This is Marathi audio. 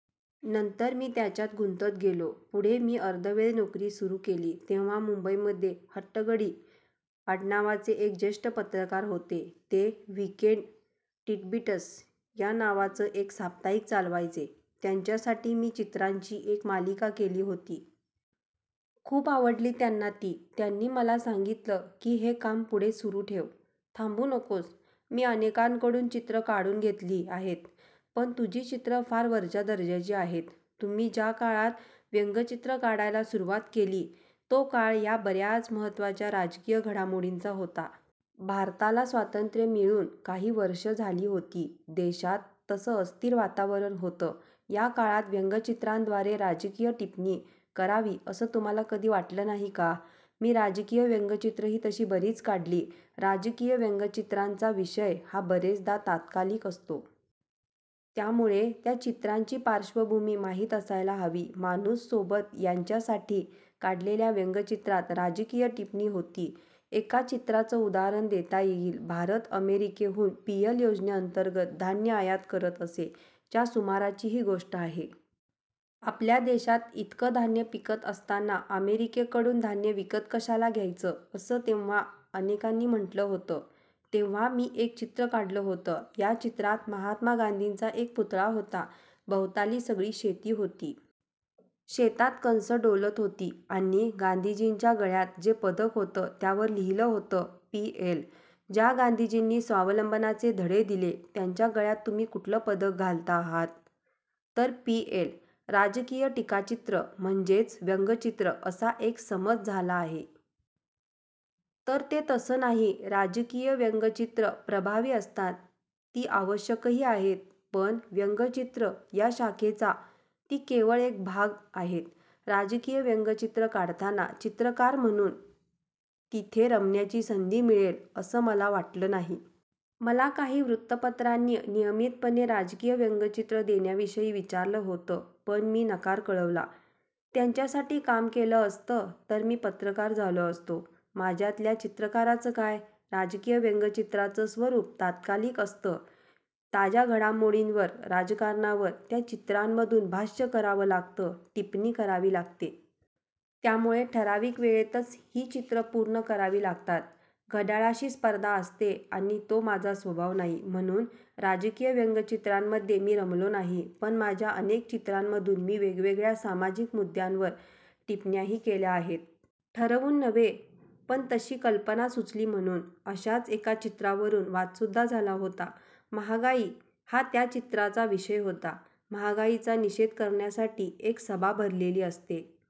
नंतर मी त्यांच्यात गुंतत गेलो. पुढे मी अर्धवेळ नोकरी सुरू केली. तेव्हा मुंबईमध्ये हट्टंगडी आडनावाचे एक ज्येष्ठ पत्रकार होते. ते 'वीकेंड टिटबिट्स' या नावाचं एक साप्ताहिक चालवायचे. त्यांच्यासाठी मी चित्रांची एक मालिका केली होती. खूप आवडली त्यांना ती. त्यांनी मला सांगितलं की, 'हे काम पुढे सुरू ठेव, थांबू नकोस. मी अनेकांकडून चित्रं काढून घेतली आहेत, पण तुझी चित्रं फार वरच्या दर्जाची आहेत'. तुम्ही ज्या काळात व्यंग्यचित्रं काढायला सुरुवात केली, तो काळ हा बर्याच महत्त्वाच्या राजकीय घडामोडींचा होता. भारताला स्वातंत्र्य मिळून काही वर्षं झाली होती. देशात तसं अस्थिर वातावरण होतं. या काळात व्यंग्यचित्रांद्वारे राजकीय टिप्पणी करावी, असं तुम्हाला कधी वाटलं नाही का? मी राजकीय व्यंग्यचित्रंही तशी बरीच काढली. राजकीय व्यंग्यचित्रांचा विषय हा बरेचदा तात्कालिक असतो. त्यामुळे त्या चित्रांची पार्श्वभूमी माहीत असायला हवी. 'माणूस', 'सोबत' यांच्यासाठी काढलेल्या व्यंग्यचित्रांत राजकीय टिप्पणी होती. एका चित्राचं उदाहरण देता येईल. भारत अमेरिकेहून पीएल योजनेअंतर्गत धान्य आयात करत असे. च्या सुमाराची ही गोष्ट आहे. आपल्या देशात इतकं धान्य पिकत असताना अमेरिकेकडून धान्य विकत कशाला घ्यायचं, असं तेव्हा अनेकांनी म्हटलं होतं. तेव्हा मी एक चित्र काढलं होतं. या चित्रात महात्मा गांधींचा एक पुतळा होता. भवताली सगळी शेती होती. शेतात कणसं डोलत होती, आणि गांधीजींच्या गळ्यात जे पदक होतं, त्यावर लिहिलं होतं पीएल. ज्या गांधीजींनी स्वावलंबनाचे धडे दिले, त्यांच्या गळ्यात तुम्ही कुठलं पदक घालता आहात? तर पीएल. राजकीय टीकाचित्र म्हणजेच व्यंग्यचित्र, असा एक समज झाला आहे. तर ते तसं नाही. राजकीय व्यंग्यचित्रं प्रभावी असतात, ती आवश्यकही आहेत, पण व्यंग्यचित्र या शाखेचा ती केवळ एक भाग आहेत. राजकीय व्यंग्यचित्रं काढताना चित्रकार म्हणून तिथे रमण्याची संधी मिळेल, असं मला वाटलं नाही. मला काही वृत्तपत्रांनी नियमितपणे राजकीय व्यंग्यचित्रं देण्याविषयी विचारलं होतं. पण मी नकार कळवला. त्यांच्यासाठी काम केलं असतं तर मी पत्रकार झालो असतो. माझ्यातल्या चित्रकाराचं काय? राजकीय व्यंग्यचित्रांचं स्वरूप तात्कालिक असतं. ताज्या घडामोडींवर, राजकारणावर त्या चित्रांमधून भाष्य करावं लागतं, टिप्पणी करावी लागते. त्यामुळे ठरावीक वेळेतच ही चित्रं पूर्ण करावी लागतात. घड्याळाशी स्पर्धा असते, आणि तो माझा स्वभाव नाही. म्हणून राजकीय व्यंग्यचित्रांमध्ये मी रमलो नाही. पण माझ्या अनेक चित्रांमधून मी वेगवेगळ्या सामाजिक मुद्द्यांवर टिप्पण्याही केल्या आहेत. ठरवून नव्हे, पण तशी कल्पना सुचली म्हणून. अशाच एका चित्रावरून वादसुद्धा झाला होता. महागाई हा त्या चित्राचा विषय होता. महागाईचा निषेध करण्यासाठी एक सभा भरलेली असते.